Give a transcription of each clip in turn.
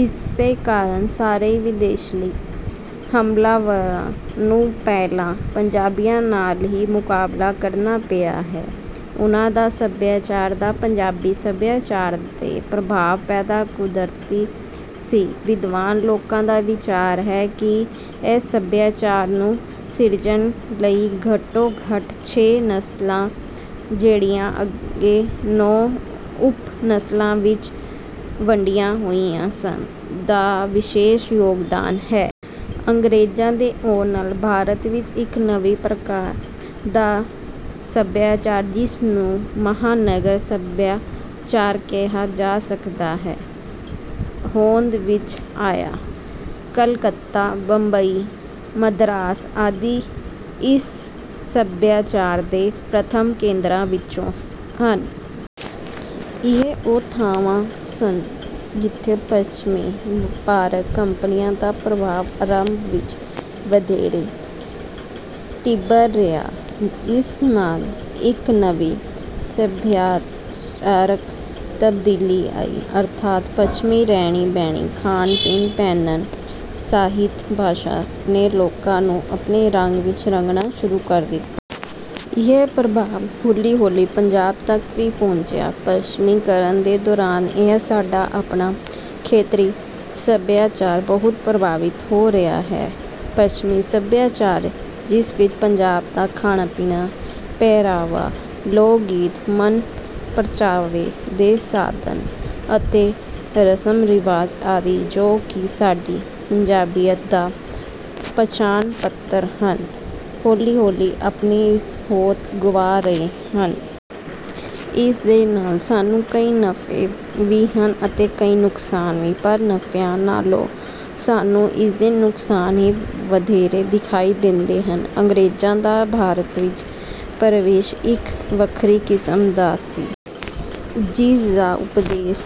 ਇਸੇ ਕਾਰਨ ਸਾਰੇ ਵਿਦੇਸ਼ੀ ਹਮਲਾਵਰਾਂ ਨੂੰ ਪਹਿਲਾਂ ਪੰਜਾਬੀਆਂ ਨਾਲ ਹੀ ਮੁਕਾਬਲਾ ਕਰਨਾ ਪਿਆ ਹੈ। ਉਨ੍ਹਾਂ ਦਾ ਸਭਿਆਚਾਰ ਦਾ ਪੰਜਾਬੀ ਸਭਿਆਚਾਰ 'ਤੇ ਪ੍ਰਭਾਵ ਪੈਣਾ ਕੁਦਰਤੀ ਸੀ। ਵਿਦਵਾਨ ਲੋਕਾਂ ਦਾ ਵਿਚਾਰ ਹੈ ਕਿ ਇਸ ਸਭਿਆਚਾਰ ਨੂੰ ਸਿਰਜਣ ਲਈ ਘੱਟੋ-ਘੱਟ ਛੇ ਨਸਲਾਂ, ਜਿਹੜੀਆਂ ਅੱਗੇ ਨੌਂ ਉਪ-ਨਸਲਾਂ ਵਿੱਚ ਵੰਡੀਆਂ ਹੋਈਆਂ ਸਨ, ਦਾ ਵਿਸ਼ੇਸ਼ ਯੋਗਦਾਨ ਹੈ। ਅੰਗਰੇਜ਼ਾਂ ਦੇ ਆਉਣ ਨਾਲ ਭਾਰਤ ਵਿੱਚ ਇੱਕ ਨਵੀਂ ਪ੍ਰਕਾਰ ਦਾ ਸਭਿਆਚਾਰ, ਜਿਸ ਨੂੰ "ਮਹਾਨਗਰ" ਸਭਿਆਚਾਰ ਕਿਹਾ ਜਾ ਸਕਦਾ ਹੈ, ਹੋਂਦ ਵਿੱਚ ਆਇਆ। ਕਲਕੱਤਾ, ਬੰਬਈ, ਮਦਰਾਸ ਆਦਿ ਇਸ ਸਭਿਆਚਾਰ ਦੇ ਪ੍ਰਥਮ ਕੇਂਦਰਾਂ ਵਿੱਚੋਂ ਸਨ। ਇਹ ਉਹ ਥਾਵਾਂ ਸਨ ਜਿੱਥੇ ਪੱਛਮੀ ਵਪਾਰਕ ਕੰਪਨੀਆਂ ਦਾ ਪ੍ਰਭਾਵ ਆਰੰਭ ਵਿੱਚ ਵਧੇਰੇ ਤੀਬਰ ਰਿਹਾ, ਜਿਸ ਨਾਲ ਇੱਕ ਨਵੀਂ ਸਭਿਆਚਾਰਕ ਤਬਦੀਲੀ ਆਈ। ਅਰਥਾਤ ਪੱਛਮੀ ਰਹਿਣੀ-ਬਹਿਣੀ, ਖਾਣ-ਪੀਣ, ਪਹਿਨਣ, ਸਾਹਿਤ, ਭਾਸ਼ਾ ਨੇ ਲੋਕਾਂ ਨੂੰ ਆਪਣੇ ਰੰਗ ਵਿੱਚ ਰੰਗਣਾ ਸ਼ੁਰੂ ਕਰ ਦਿੱਤਾ। ਇਹ ਪ੍ਰਭਾਵ ਹੌਲੀ-ਹੌਲੀ ਪੰਜਾਬ ਤੱਕ ਵੀ ਪੁੱਜਾ। ਪੱਛਮੀਕਰਨ ਦੇ ਦੌਰ ਵਿੱਚ ਸਾਡਾ ਆਪਣਾ ਖੇਤਰੀ ਸਭਿਆਚਾਰ ਬਹੁਤ ਪ੍ਰਭਾਵਿਤ ਹੋ ਰਿਹਾ ਹੈ। ਪੱਛਮੀ ਸਭਿਆਚਾਰ, ਜਿਸ ਵਿੱਚ ਪੰਜਾਬ ਦਾ ਖਾਣਾ-ਪੀਣਾ, ਪਹਿਰਾਵਾ, ਲੋਕ-ਗੀਤ, ਮਨ-ਪ੍ਰਚਾਵੇ ਦੇ ਸਾਧਨ ਅਤੇ ਰਸਮ-ਰਿਵਾਜ ਆਦਿ ਜੋ ਕਿ ਸਾਡੀ ਪੰਜਾਬੀਅਤ ਦਾ ਪਛਾਣ-ਪੱਤਰ ਹਨ, ਹੌਲੀ-ਹੌਲੀ ਆਪਣੀ ਹੋਂਦ ਗੁਆ ਰਹੇ ਹਨ। ਇਸ ਦੇ ਨਾਲ ਸਾਨੂੰ ਕਈ ਨਫ਼ੇ ਵੀ ਹਨ ਅਤੇ ਕਈ ਨੁਕਸਾਨ ਵੀ। ਪਰ ਨਫ਼ਿਆਂ ਨਾਲੋਂ ਸਾਨੂੰ ਇਸਦੇ ਨੁਕਸਾਨ ਹੀ ਵਧੇਰੇ ਦਿਖਾਈ ਦਿੰਦੇ ਹਨ। ਅੰਗਰੇਜ਼ਾਂ ਦਾ ਭਾਰਤ ਵਿੱਚ ਪ੍ਰਵੇਸ਼ ਇੱਕ ਵੱਖਰੀ ਕਿਸਮ ਦਾ ਸੀ, ਜਿਸ ਦਾ ਉਦੇਸ਼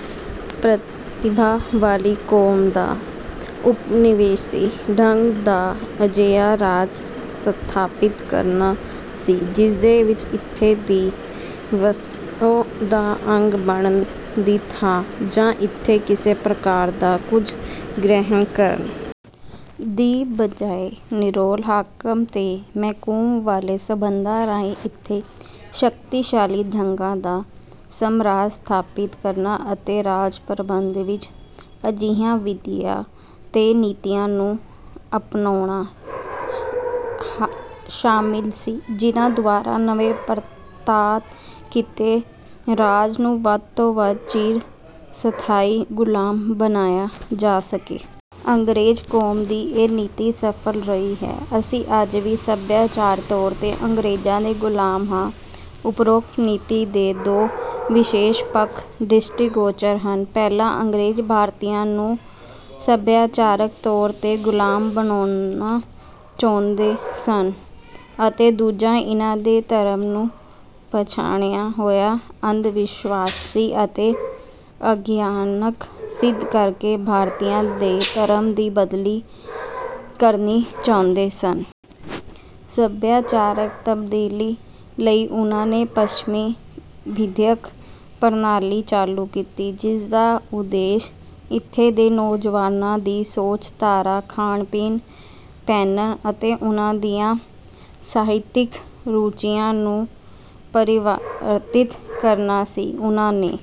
ਪ੍ਰਤਿਭਾ ਵਾਲੀ ਕੌਮ ਦਾ ਉਪਨਿਵੇਸ਼ੀ ਢੰਗ ਦਾ ਅਜਿਹਾ ਰਾਜ ਸਥਾਪਿਤ ਕਰਨਾ ਸੀ, ਜਿਸਦੇ ਵਿੱਚ ਇੱਥੋਂ ਦੀ ਵਸੋਂ ਦਾ ਅੰਗ ਬਣਨ ਦੀ ਥਾਂ ਜਾਂ ਇੱਥੋਂ ਕਿਸੇ ਪ੍ਰਕਾਰ ਦਾ ਕੁਝ ਗ੍ਰਹਿਣ ਕਰਨ ਦੀ ਬਜਾਏ, ਨਿਰੋਲ ਹਾਕਮ ਤੇ ਮਹਿਕੂਮ ਵਾਲੇ ਸੰਬੰਧਾਂ ਰਾਹੀਂ ਇੱਥੇ ਸ਼ਕਤੀਸ਼ਾਲੀ ਢੰਗਾਂ ਦਾ ਸਾਮਰਾਜ ਸਥਾਪਿਤ ਕਰਨਾ ਅਤੇ ਰਾਜ-ਪ੍ਰਬੰਧ ਵਿੱਚ ਅਜਿਹੀਆਂ ਵਿਧੀਆਂ ਤੇ ਨੀਤੀਆਂ ਨੂੰ ਅਪਨਾਉਣਾ ਸ਼ਾਮਿਲ ਸੀ, ਜਿਨ੍ਹਾਂ ਦੁਆਰਾ ਨਵੇਂ ਪ੍ਰਾਪਤ ਕੀਤੇ ਰਾਜ ਨੂੰ ਵੱਧ ਤੋਂ ਵੱਧ ਚਿਰ ਸਥਾਈ ਗ਼ੁਲਾਮ ਬਣਾਇਆ ਜਾ ਸਕੇ। ਅੰਗਰੇਜ਼ ਕੌਮ ਦੀ ਇਹ ਨੀਤੀ ਸਫਲ ਰਹੀ ਹੈ। ਅਸੀਂ ਅੱਜ ਵੀ ਸਭਿਆਚਾਰਕ ਤੌਰ 'ਤੇ ਅੰਗਰੇਜ਼ਾਂ ਦੇ ਗੁਲਾਮ ਹਾਂ। ਉਪਰੋਕਤ ਨੀਤੀ ਦੇ ਦੋ ਵਿਸ਼ੇਸ਼ ਪੱਖ ਦ੍ਰਿਸ਼ਟੀਗੋਚਰ ਹਨ। ਪਹਿਲਾ, ਅੰਗਰੇਜ਼ ਭਾਰਤੀਆਂ ਨੂੰ ਸਭਿਆਚਾਰਕ ਤੌਰ 'ਤੇ ਗ਼ੁਲਾਮ ਬਣਾਉਣਾ ਚਾਹੁੰਦੇ ਸਨ, ਅਤੇ ਦੂਜਾ, ਇਨ੍ਹਾਂ ਦੇ ਧਰਮ ਨੂੰ ਪਛੜਿਆ ਹੋਇਆ, ਅੰਧ-ਵਿਸ਼ਵਾਸੀ ਅਤੇ ਅਵਿਗਿਆਨਕ ਸਿੱਧ ਕਰਕੇ ਭਾਰਤੀਆਂ ਦੇ ਧਰਮ ਦੀ ਬਦਲੀ ਕਰਨੀ ਚਾਹੁੰਦੇ ਸਨ। ਸਭਿਆਚਾਰਕ ਤਬਦੀਲੀ ਲਈ ਉਨ੍ਹਾਂ ਨੇ ਪੱਛਮੀ ਵਿਦਿਅਕ ਪ੍ਰਣਾਲੀ ਚਾਲੂ ਕੀਤੀ, ਜਿਸ ਦਾ ਉਦੇਸ਼ ਇੱਥੋਂ ਦੇ ਨੌਜਵਾਨਾਂ ਦੀ ਸੋਚ-ਧਾਰਾ, ਖਾਣ-ਪੀਣ, ਪਹਿਨਣ ਅਤੇ ਉਨ੍ਹਾਂ ਦੀਆਂ ਸਾਹਿਤਿਕ ਰੁਚੀਆਂ ਨੂੰ ਪਰਿਵਰਤਿਤ ਕਰਨਾ ਸੀ। ਉਨ੍ਹਾਂ ਨੇ